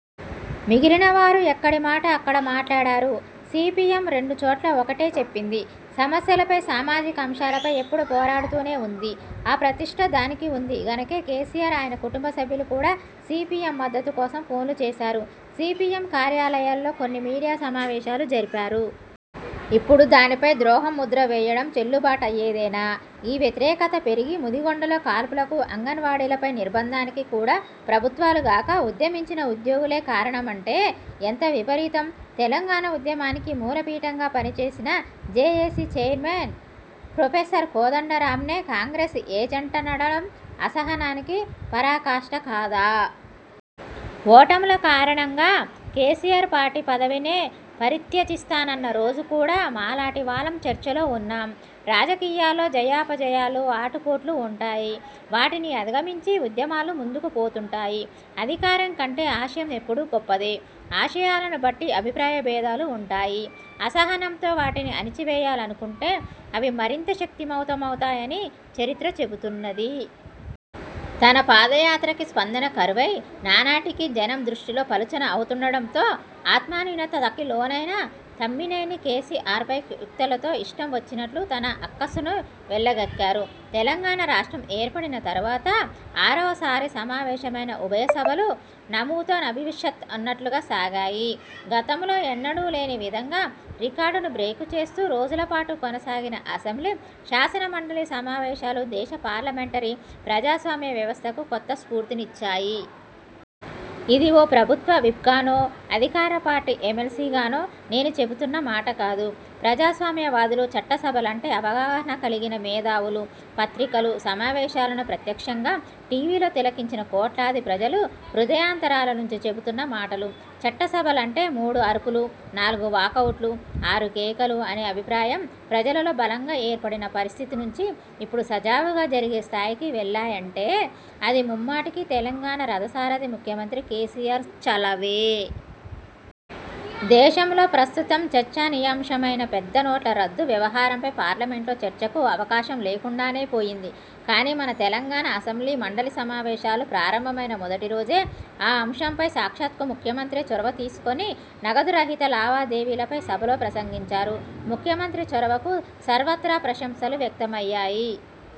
మిగిలిన వారు ఎక్కడి మాట అక్కడ మాట్లాడారు. సీపీఎం రెండు చోట్ల ఒకటే చెప్పింది. సమస్యలపై సామాజికాంశాలపై ఎప్పడూ పోరాడుతూనే వుంది. ఆ ప్రతిష్ట దానికి వుంది గనకే కేసీఆర్ ఆయన కుటుంబసభ్యులు కూడా సీపీఎం మద్దతు కోసం ఫోన్లు చేసారు. సీపీఎం కార్యాలయాల్లో కొన్ని మీడియా సమావేశాలు జరిపారు. ఇప్పుడు దానిపై ద్రోహం ముద్ర వేయడం చెల్లుబాటయ్యేదేనా? ఈ వ్యతిరేకత పెరిగి- ముదిగొండలో కాల్పులకూ అంగన్వాడీలపై నిర్బంధానికి కూడా ప్రభుత్వాలుగాక ఉద్యమించిన ఉద్యోగులే కారణమంటే ఎంత విపరీతం? తెలంగాణ ఉద్యమానికి మూలపీఠంగా పనిచేసిన జేఏసీ చైర్మన్ ప్రొఫెసర్ కోదండరామ్నే కాంగ్రెస్ ఏజంటనడం అసహనానికి పరాకాష్ఠ కాదా? ఓటముల కారణంగా కేసీఆర్ పార్టీ పదవినే పరిత్యజిస్తానన్న రోజు కూడా మాలాటి వాళ్లం చర్చలో వున్నాం. రాజకీయాల్లో జయాపజయాలు ఆటుపోట్లు వుంటాయి. వాటిని అధిగమించి ఉద్యమాలు ముందుకుపోతుంటాయి. అధికారం కంటే ఆశయం ఎప్పుడూ గొప్పదే. ఆశయాలను బట్టి అభిప్రాయ భేదాలూ వుంటాయి. అసహనంతో వాటిని అణచివేయాలనుకుంటే అవి మరింత శక్తిమంతమవుతాయని చరిత్ర చెబుతున్నది. తన పాదయాత్రకి స్పందన కరువై నానాటికీ జనం దృష్టిలో పలుచన అవుతుండటంతో ఆత్మన్యూనతకి లోనైన తమ్మినేని కేసీఆర్పై కుయుక్తులతో ఇష్టం వచ్చినట్లు తన అక్కసును వెళ్లగక్కారు. తెలంగాణ రాష్ట్రం ఏర్పడిన తరువాత ఆరవసారి సమావేశమైన ఉభయసభలు నభూతో నభవిష్యత్ అన్నట్లుగా సాగాయి. గతంలో ఎన్నడూలేని విధంగా రికార్డును బ్రేక్ చేస్తూ రోజుల పాటు కొనసాగిన అసెంబ్లీ, శాసనమండలి సమావేశాలు దేశ పార్లమెంటరీ ప్రజాస్వామ్య వ్యవస్థకు కొత్త స్ఫూర్తినిచ్చాయి. ఇది ఓ ప్రభుత్వ విప్గానో, అధికార పార్టీ ఎమ్మెల్సీగానో నేను చెబుతున్న మాటకాదు. ప్రజాస్వామ్యవాదులు, చట్టసభలంటే అవగాహన కల్గిన మేధావులు, పత్రికలు, సమావేశాలను ప్రత్యక్షంగా టీవీలో తిలకించిన కోట్లాదిప్రజలు హృదయాంతరాల నుంచి చెబుతున్న మాటలు. చట్టసభలంటే మూడుఅరుపులు, నాలుగు వాకౌట్లు, ఆరు కేకలు అనే అభిప్రాయం ప్రజలలో బలంగా ఏర్పడిన పరిస్థితి నుంచి ఇప్పుడు సజావుగా జరిగే స్థాయికి వెళ్ళాయంటే అది ముమ్మాటికీ తెలంగాణ రథసారథి ముఖ్యమంత్రి కేసీఆర్ చలవే. దేశంలో ప్రస్తుతం చర్చనీయాంశమైన పెద్ద నోట్ల రద్దు వ్యవహారంపై పార్లమెంట్లో చర్చకు అవకాశం లేకుండానే పొయింది. కానీ మన తెలంగాణ అసెంబ్లీ, మండలి సమావేశాలు ప్రారంభమైన మొదటిరోజే ఆ అంశంపై సాక్షాత్తూ ముఖ్యమంత్రే చొరవ తీసుకుని నగదురహిత లావాదేవీలపై సభలో ప్రసంగించారు. ముఖ్యమంత్రి చొరవకు సర్వత్రా ప్రశంసలు వ్యక్తమయ్యాయి.